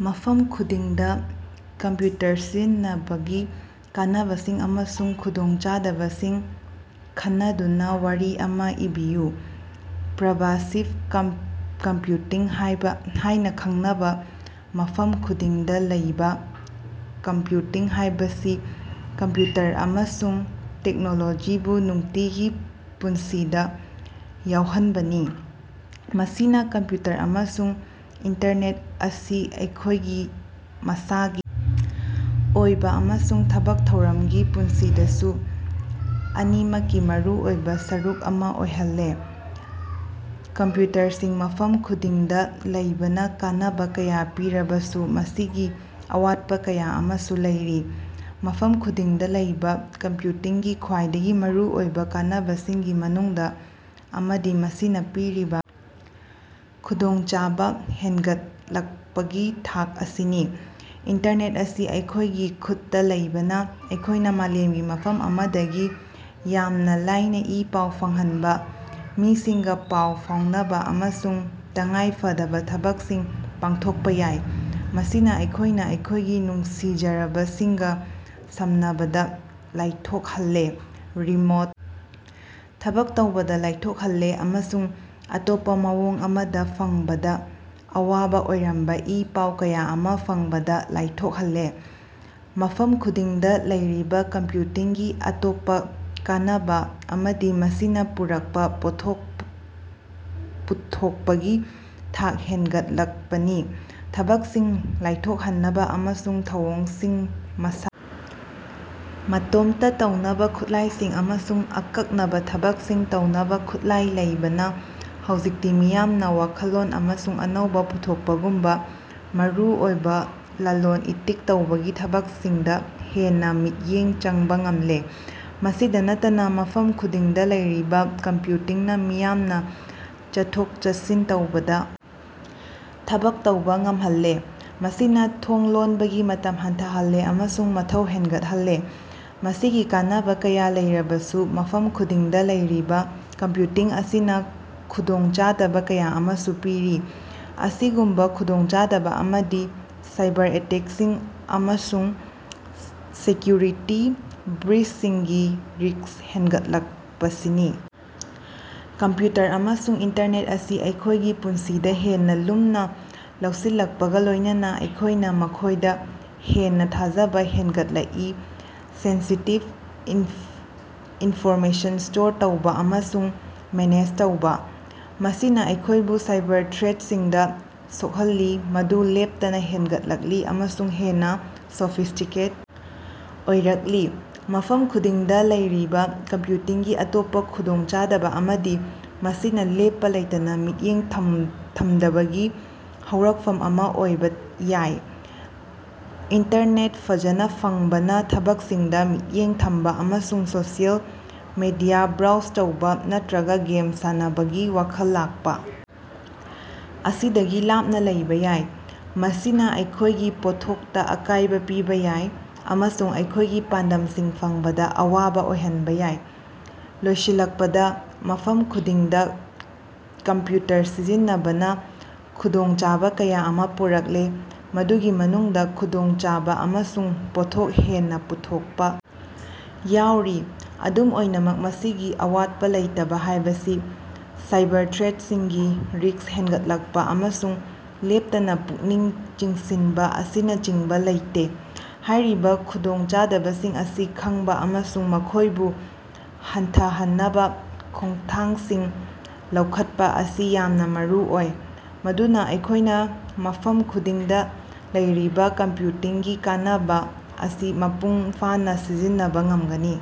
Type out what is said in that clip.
ꯃꯐꯝ ꯈꯨꯗꯤꯡꯗ ꯀꯝꯄ꯭ꯌꯨꯇꯔ ꯁꯤꯖꯤꯟꯅꯕꯒꯤ ꯀꯥꯟꯅꯕꯁꯤꯡ ꯑꯃꯁꯨꯡ ꯈꯨꯗꯣꯡꯆꯥꯗꯕꯁꯤꯡ ꯈꯟꯅꯗꯨꯅ ꯋꯥꯔꯤ ꯑꯃ ꯏꯕꯤꯌꯨ꯫ ꯄꯔꯚꯥꯁꯤꯚ ꯀꯝꯄ꯭ꯌꯨꯇꯤꯡ ꯍꯥꯏꯅ ꯈꯪꯅꯕ ꯃꯐꯝ ꯈꯨꯗꯤꯡꯗ ꯂꯩꯕ ꯀꯝꯄ꯭ꯌꯨꯇꯤꯡ ꯍꯥꯏꯕꯁꯤ ꯀꯝꯄ꯭ꯌꯨꯇꯔ ꯑꯃꯁꯨꯡ ꯇꯦꯛꯅꯣꯂꯣꯖꯤꯕꯨ ꯅꯨꯡꯇꯤꯒꯤ ꯄꯨꯟꯁꯤꯗ ꯌꯥꯎꯍꯟꯕꯅꯤ꯫ ꯃꯁꯤꯅ ꯀꯝꯄ꯭ꯌꯨꯇꯔ ꯑꯃꯁꯨꯡ ꯏꯟꯇꯔꯅꯦꯠ ꯑꯁꯤ ꯑꯩꯈꯣꯏꯒꯤ ꯃꯁꯥꯒꯤ ꯑꯣꯏꯕ ꯑꯃꯁꯨꯡ ꯊꯕꯛ ꯊꯧꯔꯝꯒꯤ ꯄꯨꯟꯁꯤꯗꯁꯨ ꯑꯅꯤꯃꯛꯀꯤ ꯃꯔꯨꯑꯣꯏꯕ ꯁꯔꯨꯛ ꯑꯃ ꯑꯣꯏꯍꯜꯂꯦ꯫ ꯀꯝꯄ꯭ꯌꯨꯇꯔꯁꯤꯡ ꯃꯐꯝ ꯈꯨꯗꯤꯡꯗ ꯂꯩꯕꯅ ꯀꯥꯟꯅꯕ ꯀꯌꯥ ꯄꯤꯔꯕꯁꯨ ꯃꯁꯤꯒꯤ ꯑꯋꯥꯠꯄ ꯀꯌꯥ ꯑꯃꯁꯨ ꯂꯩꯔꯤ꯫ ꯃꯐꯝ ꯈꯨꯗꯤꯡꯗ ꯂꯩꯕ ꯀꯝꯄ꯭ꯌꯨꯇꯤꯡꯒꯤ ꯈ꯭ꯋꯥꯏꯗꯒꯤ ꯃꯔꯨꯑꯣꯏꯕ ꯀꯥꯟꯅꯕꯁꯤꯡꯒꯤ ꯃꯅꯨꯡꯗ ꯑꯃꯗꯤ ꯃꯁꯤꯅ ꯄꯤꯔꯤꯕ ꯈꯨꯗꯣꯡꯆꯥꯕ ꯍꯦꯟꯒꯠꯂꯛꯄꯒꯤ ꯊꯥꯛ ꯑꯁꯤꯅꯤ꯫ ꯏꯟꯇꯔꯅꯦꯠ ꯑꯁꯤ ꯑꯩꯈꯣꯏꯒꯤ ꯈꯨꯠꯇ ꯂꯩꯕꯅ ꯑꯩꯈꯣꯏꯅ ꯃꯥꯂꯦꯝꯒꯤ ꯃꯐꯝ ꯑꯃꯗꯒꯤ ꯌꯥꯝꯅ ꯂꯥꯏꯅ ꯏ-ꯄꯥꯎ ꯐꯪꯍꯟꯕ, ꯃꯤꯁꯤꯡꯒ ꯄꯥꯎ ꯐꯥꯎꯅꯕ ꯑꯃꯁꯨꯡ ꯇꯉꯥꯏ ꯐꯗꯕ ꯊꯕꯛꯁꯤꯡ ꯄꯥꯡꯊꯣꯛꯄ ꯌꯥꯏ꯫ ꯃꯁꯤꯅ ꯑꯩꯈꯣꯏꯅ ꯑꯩꯈꯣꯏꯒꯤ ꯅꯨꯡꯁꯤꯖꯔꯕꯁꯤꯡꯒ ꯁꯝꯅꯕꯗ ꯂꯥꯏꯊꯣꯛꯍꯜꯂꯦ, ꯔꯤꯃꯣꯠ ꯊꯕꯛ ꯇꯧꯕꯗ ꯂꯥꯏꯊꯣꯛꯍꯜꯂꯦ ꯑꯃꯁꯨꯡ ꯑꯇꯣꯞꯄ ꯃꯑꯣꯡ ꯑꯃꯗ ꯐꯪꯕꯗ ꯑꯋꯥꯕ ꯑꯣꯏꯔꯝꯕ ꯏ-ꯄꯥꯎ ꯀꯌꯥ ꯑꯃ ꯐꯪꯕꯗ ꯂꯥꯏꯊꯣꯛꯍꯜꯂꯦ꯫ ꯃꯐꯝ ꯈꯨꯗꯤꯡꯗ ꯂꯩꯔꯤꯕ ꯀꯝꯄ꯭ꯌꯨꯇꯤꯡꯒꯤ ꯑꯇꯣꯞꯄ ꯀꯥꯟꯅꯕ ꯑꯃꯗꯤ ꯃꯁꯤꯅ ꯄꯨꯔꯛꯄ ꯄꯣꯠꯊꯣꯛ ꯄꯨꯊꯣꯛꯄꯒꯤ ꯊꯥꯛ ꯍꯦꯟꯒꯠꯂꯛꯄꯅꯤ꯫ ꯊꯕꯛꯁꯤꯡ ꯂꯥꯏꯊꯣꯛꯍꯟꯅꯕ ꯑꯃꯁꯨꯡ ꯊꯧꯑꯣꯡꯁꯤꯡ ꯃꯁꯥ ꯃꯇꯣꯝꯇ ꯇꯧꯅꯕ ꯈꯨꯠꯂꯥꯏꯁꯤꯡ ꯑꯃꯁꯨꯡ ꯑꯀꯛꯅꯕ ꯊꯕꯛꯁꯤꯡ ꯇꯧꯅꯕ ꯈꯨꯠꯂꯥꯏ ꯂꯩꯕꯅ ꯍꯧꯖꯤꯛꯇꯤ ꯃꯤꯌꯥꯝꯅ ꯋꯥꯈꯜꯂꯣꯟ ꯑꯃꯁꯨꯡ ꯑꯅꯧꯕ ꯄꯨꯊꯣꯛꯄꯒꯨꯝꯕ ꯃꯔꯨꯑꯣꯏꯕ ꯂꯂꯣꯜ ꯏꯇꯤꯛ ꯇꯧꯕꯒꯤ ꯊꯕꯛꯁꯤꯡꯗ ꯍꯦꯟꯅ ꯃꯤꯠꯌꯦꯡ ꯆꯪꯕ ꯉꯝꯂꯦ꯫ ꯃꯁꯤꯗ ꯅꯠꯇꯅ ꯃꯐꯝ ꯈꯨꯗꯤꯡꯗ ꯂꯩꯔꯤꯕ ꯀꯝꯄ꯭ꯌꯨꯇꯤꯡꯅ ꯃꯤꯌꯥꯝꯅ ꯆꯠꯊꯣꯛ-ꯆꯠꯁꯤꯟ ꯇꯧꯕꯗ ꯊꯕꯛ ꯇꯧꯕ ꯉꯝꯍꯜꯂꯦ, ꯃꯁꯤꯅ ꯊꯣꯡ ꯂꯣꯟꯕꯒꯤ ꯃꯇꯝ ꯍꯟꯊꯍꯜꯂꯦ ꯑꯃꯁꯨꯡ ꯃꯊꯧ ꯍꯦꯟꯒꯠꯍꯜꯂꯦ꯫ ꯃꯁꯤꯒꯤ ꯀꯥꯟꯅꯕ ꯀꯌꯥ ꯂꯩꯔꯕꯁꯨ, ꯃꯐꯝ ꯈꯨꯗꯤꯡꯗ ꯂꯩꯔꯤꯕ ꯀꯝꯄ꯭ꯌꯨꯇꯤꯡ ꯑꯁꯤꯅ ꯈꯨꯗꯣꯡꯆꯥꯗꯕ ꯀꯌꯥ ꯑꯃꯁꯨ ꯄꯤꯔꯤ꯫ ꯑꯁꯤꯒꯨꯝꯕ ꯈꯨꯗꯣꯡꯆꯥꯗꯕ ꯑꯃꯗꯤ ꯁꯥꯏꯕꯔ-ꯑꯦꯇꯦꯛꯁꯤꯡ ꯑꯃꯁꯨꯡ ꯁꯦꯀ꯭ꯌꯨꯔꯤꯇꯤ ꯕ꯭ꯔꯤꯆꯁꯤꯡꯒꯤ ꯔꯤꯛꯁ ꯍꯦꯟꯒꯠꯂꯛꯄꯁꯤꯅꯤ꯫ ꯀꯝꯄ꯭ꯌꯨꯇꯔ ꯑꯃꯁꯨꯡ ꯏꯟꯇꯔꯅꯦꯠ ꯑꯁꯤ ꯑꯩꯈꯣꯏꯒꯤ ꯄꯨꯟꯁꯤꯗ ꯍꯦꯟꯅ ꯂꯨꯝꯅ ꯂꯧꯁꯤꯜꯂꯛꯄꯒ ꯂꯣꯏꯅꯅ, ꯑꯩꯈꯣꯏꯅ ꯃꯈꯣꯏꯗ ꯍꯦꯟꯅ ꯊꯥꯖꯕ ꯍꯦꯟꯒꯠꯂꯛꯏ, ꯁꯦꯟꯁꯤꯇꯤꯚ ꯏꯟꯐꯣꯔꯃꯦꯁꯟ ꯁ꯭ꯇꯣꯔ ꯇꯧꯕ ꯑꯃꯁꯨꯡ ꯃꯦꯅꯦꯖ ꯇꯧꯕ꯫ ꯃꯁꯤꯅ ꯑꯩꯈꯣꯏꯕꯨ ꯁꯥꯏꯕꯔ ꯊ꯭ꯔꯦꯠꯁꯤꯡꯗ ꯁꯣꯛꯍꯜꯂꯤ, ꯃꯗꯨ ꯂꯦꯞꯇꯅ ꯍꯦꯟꯒꯠꯂꯛꯂꯤ ꯑꯃꯁꯨꯡ ꯍꯦꯟꯅ ꯁꯣꯐꯤꯁꯇꯤꯀꯦꯠ ꯑꯣꯏꯔꯛꯂꯤ꯫ ꯃꯐꯝ ꯈꯨꯗꯤꯡꯗ ꯂꯩꯔꯤꯕ ꯀꯝꯄ꯭ꯌꯨꯇꯤꯡꯒꯤ ꯑꯇꯣꯞꯄ ꯈꯨꯗꯣꯡꯆꯥꯗꯕ ꯑꯃꯗꯤ ꯃꯁꯤꯅ ꯂꯦꯞꯄ ꯂꯩꯇꯅ ꯃꯤꯠꯌꯦꯡ ꯊꯝꯗꯕꯒꯤ ꯍꯧꯔꯛꯐꯝ ꯑꯃ ꯑꯣꯏꯕ ꯌꯥꯏ꯫ ꯏꯟꯇꯔꯅꯦꯠ ꯐꯖꯅ ꯐꯪꯕꯅ ꯊꯕꯛꯁꯤꯡꯗ ꯃꯤꯠꯌꯦꯡ ꯊꯝꯕ ꯑꯃꯁꯨꯡ ꯁꯣꯁꯤꯌꯦꯜ ꯃꯤꯗꯤꯌꯥ ꯕ꯭ꯔꯥꯎꯖ ꯇꯧꯕ ꯅꯠꯇ꯭ꯔꯒ ꯒꯦꯝ ꯁꯥꯟꯅꯕꯒꯤ ꯋꯥꯈꯜ ꯂꯥꯛꯄ ꯑꯁꯤꯗꯒꯤ ꯂꯥꯞꯅ ꯂꯩꯕ ꯌꯥꯏ꯫ ꯃꯁꯤꯅ ꯑꯩꯈꯣꯏꯒꯤ ꯄꯣꯠꯊꯣꯛꯇ ꯑꯀꯥꯏꯕ ꯄꯤꯕ ꯌꯥꯏ, ꯑꯃꯁꯨꯡ ꯑꯩꯈꯣꯏꯒꯤ ꯄꯥꯟꯗꯝꯁꯤꯡ ꯐꯪꯕꯗ ꯑꯋꯥꯕ ꯑꯣꯏꯍꯟꯕ ꯌꯥꯏ꯫ ꯂꯣꯏꯁꯤꯜꯂꯛꯄꯗ, ꯃꯐꯝ ꯈꯨꯗꯤꯡꯗ ꯀꯝꯄ꯭ꯌꯨꯇꯔ ꯁꯤꯖꯤꯟꯅꯕꯅ ꯈꯨꯗꯣꯡꯆꯥꯕ ꯀꯌꯥ ꯑꯃ ꯄꯨꯔꯛꯂꯦ, ꯃꯗꯨꯒꯤ ꯃꯅꯨꯡꯗ ꯈꯨꯗꯣꯡꯆꯥꯕ ꯑꯃꯁꯨꯡ ꯄꯣꯠꯊꯣꯛ ꯍꯦꯟꯅ ꯄꯨꯊꯣꯛꯄ ꯌꯥꯎꯔꯤ꯫ ꯑꯗꯨꯝ ꯑꯣꯏꯅꯃꯛ, ꯃꯁꯤꯒꯤ ꯑꯋꯥꯠꯄ ꯂꯩꯇꯕ, ꯍꯥꯏꯕꯗꯤ ꯁꯥꯏꯕꯔ ꯊ꯭ꯔꯦꯠꯁꯤꯡꯒꯤ ꯔꯤꯛꯁ ꯍꯦꯟꯒꯠꯂꯛꯄ ꯑꯃꯁꯨꯡ ꯂꯦꯞꯇꯅ ꯄꯨꯛꯅꯤꯡ ꯆꯤꯡꯁꯤꯟꯕ ꯑꯁꯤꯅꯆꯤꯡꯕ ꯂꯩꯇꯦ꯫ ꯍꯥꯏꯔꯤꯕ ꯈꯨꯗꯣꯡꯆꯥꯗꯕꯁꯤꯡ ꯑꯁꯤ ꯈꯪꯕ ꯑꯃꯁꯨꯡ ꯃꯈꯣꯏꯕꯨ ꯍꯟꯊꯍꯟꯅꯕ ꯈꯣꯡꯊꯥꯡꯁꯤꯡ ꯂꯧꯈꯠꯄ ꯑꯁꯤ ꯌꯥꯝꯅ ꯃꯔꯨꯑꯣꯏ, ꯃꯗꯨꯅ ꯑꯩꯈꯣꯏꯅ ꯃꯐꯝ ꯈꯨꯗꯤꯡꯗ ꯂꯩꯔꯤꯕ ꯀꯝꯄ꯭ꯌꯨꯇꯤꯡꯒꯤ ꯀꯥꯟꯅꯕ ꯑꯁꯤ ꯃꯄꯨꯡ ꯐꯥꯅ ꯁꯤꯖꯤꯟꯅꯕ ꯉꯝꯒꯅꯤ꯫